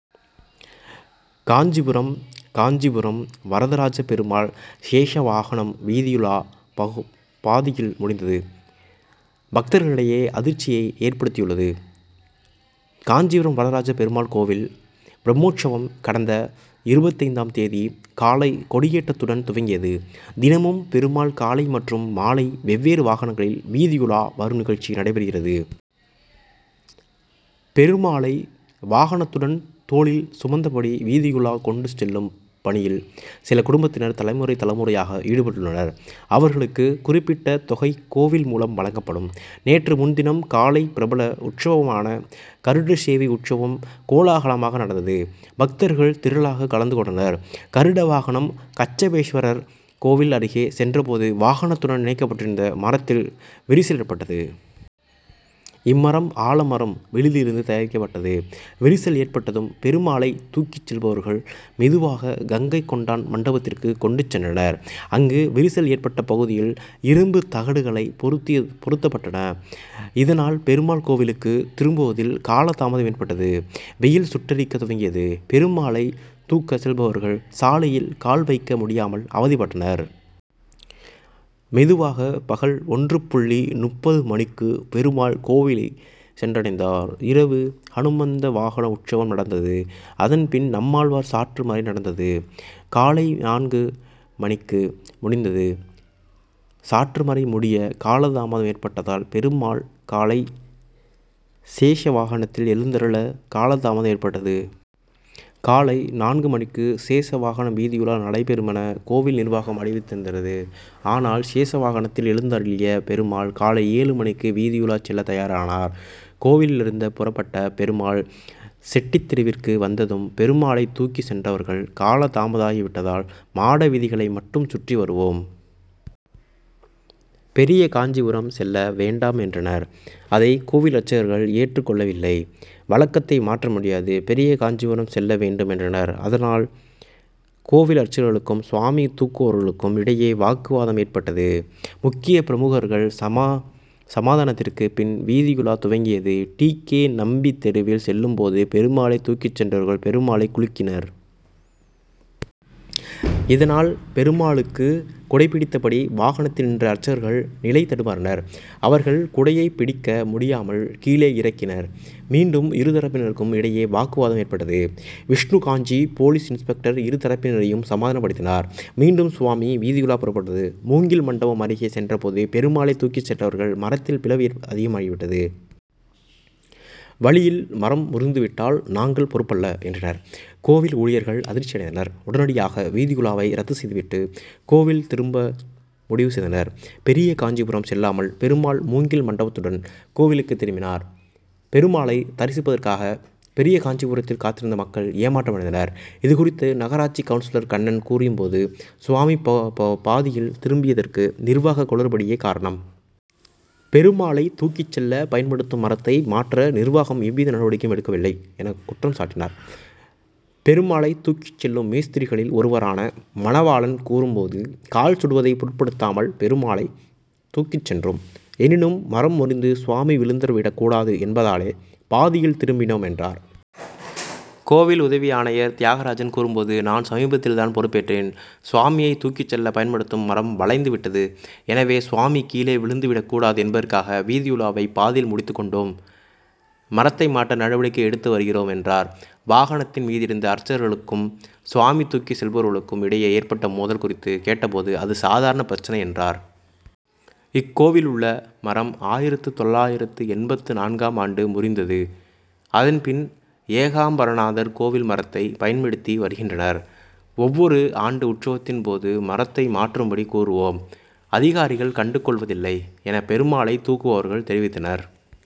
காஞ்சிபுரம் காஞ்சிபுரம் வரதராஜ பெருமாள், சேஷ வாகனம் வீதியுலா பாதியில் முடிந்தது, பக்தர்களிடையே அதிர்ச்சியை ஏற்படுத்தியுள்ளது. காஞ்சிபுரம் வரதராஜ பெருமாள் கோவில் பிரம்மோற்சவம், கடந்த இருபத்தைந்தும் தேதி காலை கொடியேற்றத்துடன் துவங்கியது. தினமும் பெருமாள் காலை மற்றும் மாலை வெவ்வேறு வாகனங்களில், வீதியுலா வரும் நிகழ்ச்சி நடைபெறுகிறது. பெருமாளை வாகனத்துடன் தோளில் சுமந்தபடி, வீதியுலா கொண்டு செல்லும் பணியில், சில குடும்பத்தினர் தலைமுறை, தலைமுறையாக ஈடுபட்டுள்ளனர். அவர்களுக்கு, குறிப்பிட்ட தொகை கோவில் மூலம் வழங்கப்படும். நேற்று முன்தினம், காலை பிரபல உற்சவமான கருடசேவை உற்சவம் கோலாகலமாக நடந்தது. பக்தர்கள் திரளாக கலந்து கொண்டனர். கருடவாகனம் கச்சபேஸ்வரர் கோவில் அருகே சென்றபோது, வாகனத்துடன் இணைக்கப்பட்டிருந்த மரத்தில், விரிசல் ஏற்பட்டது. இம்மரம் ஆலமரம் விழுதிலிருந்து தயாரிக்கப்பட்டது. விரிசல் ஏற்பட்டதும், பெருமாளை தூக்கி செல்பவர்கள், மெதுவாக கங்கை கொண்டான் மண்டபத்திற்கு கொண்டு சென்றனர். அங்கு விரிசல் ஏற்பட்ட பகுதியில், இரும்பு தகடுகள் பொருத்தப்பட்டன. இதனால், பெருமாள் கோவிலுக்கு திரும்புவதில், காலதாமதம் ஏற்பட்டது. வெயில் சுட்டெரிக்க துவங்கியது. பெருமாளை தூக்கி செல்பவர்கள், சாலையில் கால் வைக்க முடியாமல் அவதிப்பட்டனர். மெதுவாக பகல் ஒன்று புள்ளி முப்பது மணிக்கு பெருமாள் கோவிலில் சென்றடைந்தார். இரவு ஹனுமந்த வாகன உற்சவம் நடந்தது. அதன்பின் நம்மாழ்வார் சாற்றுமறை நடந்தது. காலை நான்கு மணிக்கு முடிந்தது. சாற்றுமறை முடிய காலதாமதம் ஏற்பட்டதால், பெருமாள் காலை சேஷ வாகனத்தில் எழுந்தருள காலதாமதம் ஏற்பட்டது. காலை நான்கு மணிக்கு சேஷ வாகனம் வீதியுலா நடைபெறுமென, கோவில் நிர்வாகம் அறிவித்திருந்தது. ஆனால் சேஷ வாகனத்தில் எழுந்தருளிய பெருமாள், காலை ஏழு மணிக்கு வீதியுலா செல்ல தயாரானார். கோவிலிலிருந்து புறப்பட்ட பெருமாள் செட்டித்தெருவிற்கு வந்ததும், பெருமாளை தூக்கி சென்றவர்கள், காலதாமதமாகிவிட்டதால் மாட வீதிகளை மட்டும் சுற்றி வருவோம். பெரியகாஞ்சிபுரம் செல்ல வேண்டாம் என்றனர். அதை கோவில் அர்ச்சகர்கள் ஏற்றுக் கொள்ளவில்லை. வழக்கத்தை மாற்ற முடியாது. பெரியகாஞ்சிபுரம் செல்ல வேண்டும் என்றனர். அதனால் கோவில் அர்ச்சகர்களுக்கும், சுவாமியை தூக்குபவர்களுக்கும் இடையே வாக்குவாதம் ஏற்பட்டது. முக்கிய பிரமுகர்கள் சமாதானத்திற்கு பின், வீதியுலா துவங்கியது. டி. கே. நம்பி தெருவில் செல்லும்போது, பெருமாளை தூக்கி சென்றவர்கள், பெருமாளை குலுக்கினர். இதனால் பெருமாளுக்கு குடைபிடித்தபடி வாகனத்தில் நின்ற அர்ச்சகர்கள் நிலை தடுமாறினர். அவர்கள் குடையை பிடிக்க முடியாமல் கீழே இறக்கினர். மீண்டும் இரு தரப்பினருக்கும் இடையே, வாக்குவாதம் ஏற்பட்டது. விஷ்ணுகாஞ்சி போலீஸ் இன்ஸ்பெக்டர் இரு தரப்பினரையும் சமாதானப்படுத்தினார். மீண்டும் சுவாமி வீதியுலா புறப்பட்டது. மூங்கில் மண்டபம் அருகே சென்றபோது, பெருமாளை தூக்கி சென்றவர்கள் மரத்தில் பிளவி அதிகமாகிவிட்டது. வழியில் மரம் முறிந்துவிட்டால், நாங்கள் பொறுப்பல்ல என்றனர். கோவில் ஊழியர்கள் அதிர்ச்சி அடைந்தனர். உடனடியாக வீதியுலாவை, ரத்து செய்துவிட்டு, கோவில் திரும்ப முடிவு செய்தனர். பெரியகாஞ்சிபுரம் செல்லாமல், பெருமாள் மூங்கில் மண்டபத்துடன், கோவிலுக்கு திரும்பினார். பெருமாளை தரிசிப்பதற்காக, பெரியகாஞ்சிபுரத்தில் காத்திருந்த மக்கள் ஏமாற்றமடைந்தனர். இதுகுறித்து நகராட்சி கவுன்சிலர் கண்ணன் கூறும்போது, சுவாமி பாதியில் திரும்பியதற்கு, நிர்வாக குளறுபடியே காரணம். பெருமாளை தூக்கி செல்ல பயன்படுத்தும் மரத்தை மாற்ற, நிர்வாகம் எவ்வித நடவடிக்கையும் எடுக்கவில்லை' என குற்றம் சாட்டினார். பெருமாளை தூக்கி செல்லும் மேஸ்திரிகளில் ஒருவரான, மணவாளன் கூறும்போது, கால் சுடுவதை பொருட்படுத்தாமல், பெருமாளை தூக்கி சென்றோம். எனினும் மரம் முறிந்து சுவாமி விழுந்து விடக்கூடாது என்பதாலே பாதியில் திரும்பினோம் என்றார். கோவில் உதவி ஆணையர் தியாகராஜன் கூறும்போது, நான் சமீபத்தில் தான் பொறுப்பேற்றேன். சுவாமியை தூக்கி செல்ல பயன்படுத்தும் மரம் வளைந்து விட்டது. எனவே சுவாமி கீழே விழுந்து விடக்கூடாது என்பதற்காக வீதியுலாவை பாதியில் முடித்து கொண்டோம். மரத்தை மாற்ற நடவடிக்கை எடுத்து வருகிறோம் என்றார். வாகனத்தின் மீதிருந்த அர்ச்சகர்களுக்கும், சுவாமியை தூக்கி செல்பவர்களுக்கும் இடையே ஏற்பட்ட மோதல் குறித்து கேட்டபோது, அது சாதாரண பிரச்னை என்றார். இக்கோவிலுக்குரிய மரம் ஆயிரத்து தொள்ளாயிரத்து எண்பத்து நான்காம் ஆண்டு முறிந்தது. அதன்பின் ஏகாம்பரநாதர் கோவில் மரத்தை, பயன்படுத்தி வருகின்றனர். ஒவ்வொரு ஆண்டு உற்சவத்தின்போதும், மரத்தை மாற்றும்படி கூறுவோம். அதிகாரிகள் கண்டு கொள்வதில்லை என பெருமாளை தூக்குபவர்கள் தெரிவித்தனர்.